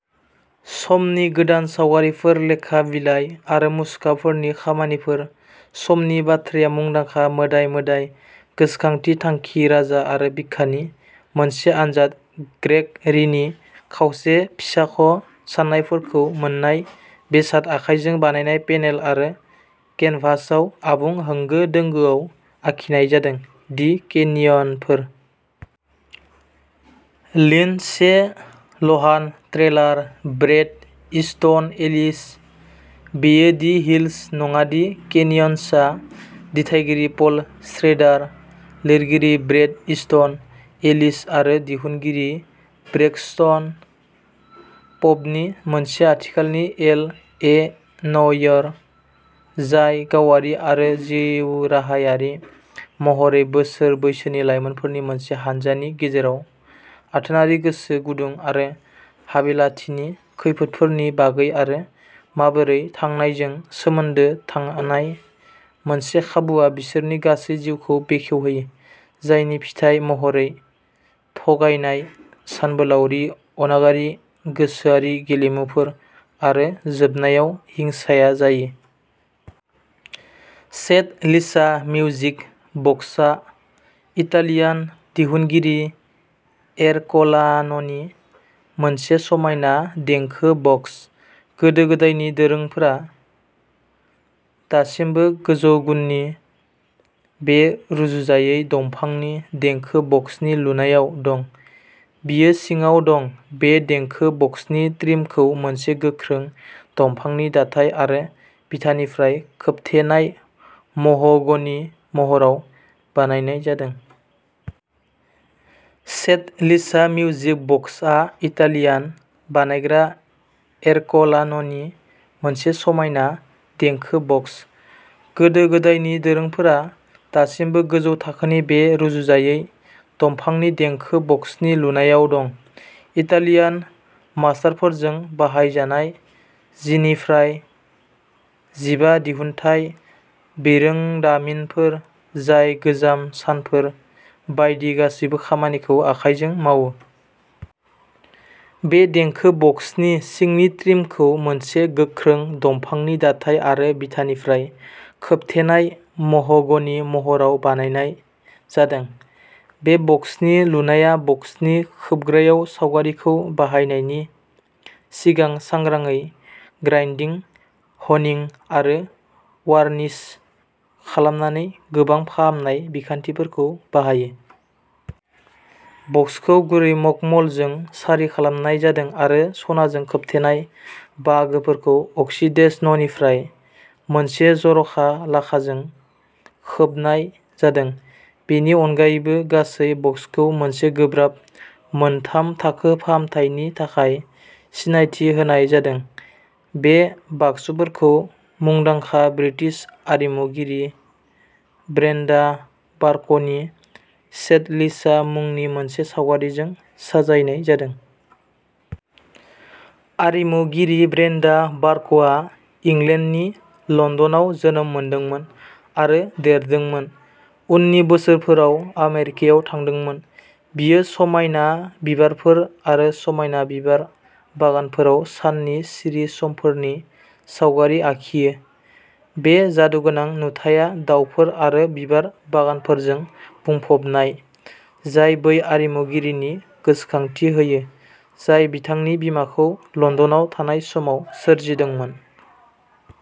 समनि-गोदान सावगारिफोर, लेखा बिलाइ आरो मुसुखाफोरनि खामानिफोर। समनि बाथ्राया मुंदांखा, मोदाय-मोदाय, गोसोखांथि, थांखि, राजा आरो बिखानि मोनसे आनजाद। ग्रेग'रीनि खावसे-फिसाख'साननायफोरखौ मोन्नाय बेसाद, आखाइजों बानायनाय पेनेल आरो केनभासआव आबुं होंगो-दोंगोआव आखिनाय जादों। दि केनियनफोर। लिन्डसे लहान। ट्रेलार। Brett Easton Ellis. बेयो दि हिल्स नङादि केनियन्सआ दिथागिरि पल श्रेडार, लिरगिरि ब्रेट इस्टन एलिस आरो दिहुनगिरि ब्रेक्सटन प'पनि मोनसे आथिखालनि एल. ए. न'इर, जाय गावारि आरो जिउराहायारि महरै, बोसोर बैसोनि लायमोनफोरनि मोनसे हान्जानि गेजेराव आथोनारि गोसो गुदुं आरो हाबिलाथिनि खैफोदफोरनि बागै आरो माबोरै थांनायजों सोमोन्दो थानाय मोनसे खाबुआ बिसोरनि गासै जिउखौ बेखेवहोयो, जायनि फिथाय महरै थगायनाय, सानबोलावरि, अनागारि गोसोआरि गेलेमुफोर आरो जोबनायाव हिंसाया जायो। सेड लिसा मिउजिक बक्सआ इटालियान दिहुनगिरि एरकलान'नि मोनसे समायना देंखो बक्स। गोदो गोदायनि दोरोंफोरा दासिमबो गोजौ गुननि बे रुजुजायै दंफांनि देंखो बक्सनि लुनायाव दं। बियो सिङाव दं। बे देंखो बक्सनि ट्रिमखौ मोनसे गोख्रों दंफांनि दाथाय आरो बिथानिफ्राय खोबथेनाय मह'गनि महराव बानायनाय जादों। सेड लिसा मिउजिक बक्सआ इटालियान बानायग्रा एरकलान'नि मोनसे समायना देंखो बक्स। गोदो-गोदायनि दोरोंफोरा दासिमबो गोजौ थाखोनि बे रुजुजायै दंफांनि देंखो बक्सनि लुनायाव दं। इटालियान मास्टारफोरजों बाहायजानाय जिनिफ्राय जिबा दिहुनथाय बिरोंदामिनफोर जाय गोजाम सानफोर बायदि गासैबो खामानिखौ आखाइजों मावो। बे देंखो बक्सनि सिंनि ट्रिमखौ मोनसे गोख्रों दंफांनि दाथाय आरो बिथानिफ्राय खोबथेनाय मह'गनि महराव बानायनाय जादों। बे बक्सनि लुनाया बक्सनि खोबग्रायाव सावगारिखौ बाहायनायनि सिगां सांग्राङै ग्राइन्डिं, ह'निं आरो वार्निश खालामनानै गोबां फाहामनाय बिखान्थिफोरखौ बाहायो। बक्सखौ गुरै मखमलजों सारि खालामनाय जादों आरो सनाजों खोबथेनाय बाहागोफोरखौ अक्सिडेशननिफ्राय मोनसे जर'खा लाखाजों खोबनाय जादों। बेनि अनगायैबो, गासै बक्सखौ मोनसे गोब्राब मोनथाम-थाखो फाहामथायनि थाखाय सिनायथि होनाय जादों। बे बाक्सुफोरखौ मुंदांखा ब्रिटिश आरिमुगिरि ब्रेन्डा बार्कनि "सेड लिसा" मुंनि मोनसे सावगारिजों साजायनाय जादों। आरिमुगिरि ब्रेन्डा बार्कआ इंलेन्डनि लन्दनआव जोनोम मोन्दोंमोन आरो देरदोंमोन, उननि बोसोरफोराव आमेरिकायाव थांदोंमोन। बियो समायना बिबारफोर आरो समायना बिबार बागानफोराव साननि सिरि समफोरनि सावगारि आखियो। बे जादुगोनां नुथाया दाउफोर आरो बिबार बागानफोरजों बुंफबनाय, जाय बै आरिमुगिरिनि गोसोखांथि होयो, जाय बिथांनि बिमाखौ लन्दनाव थानाय समाव सोरजिदोंमोन।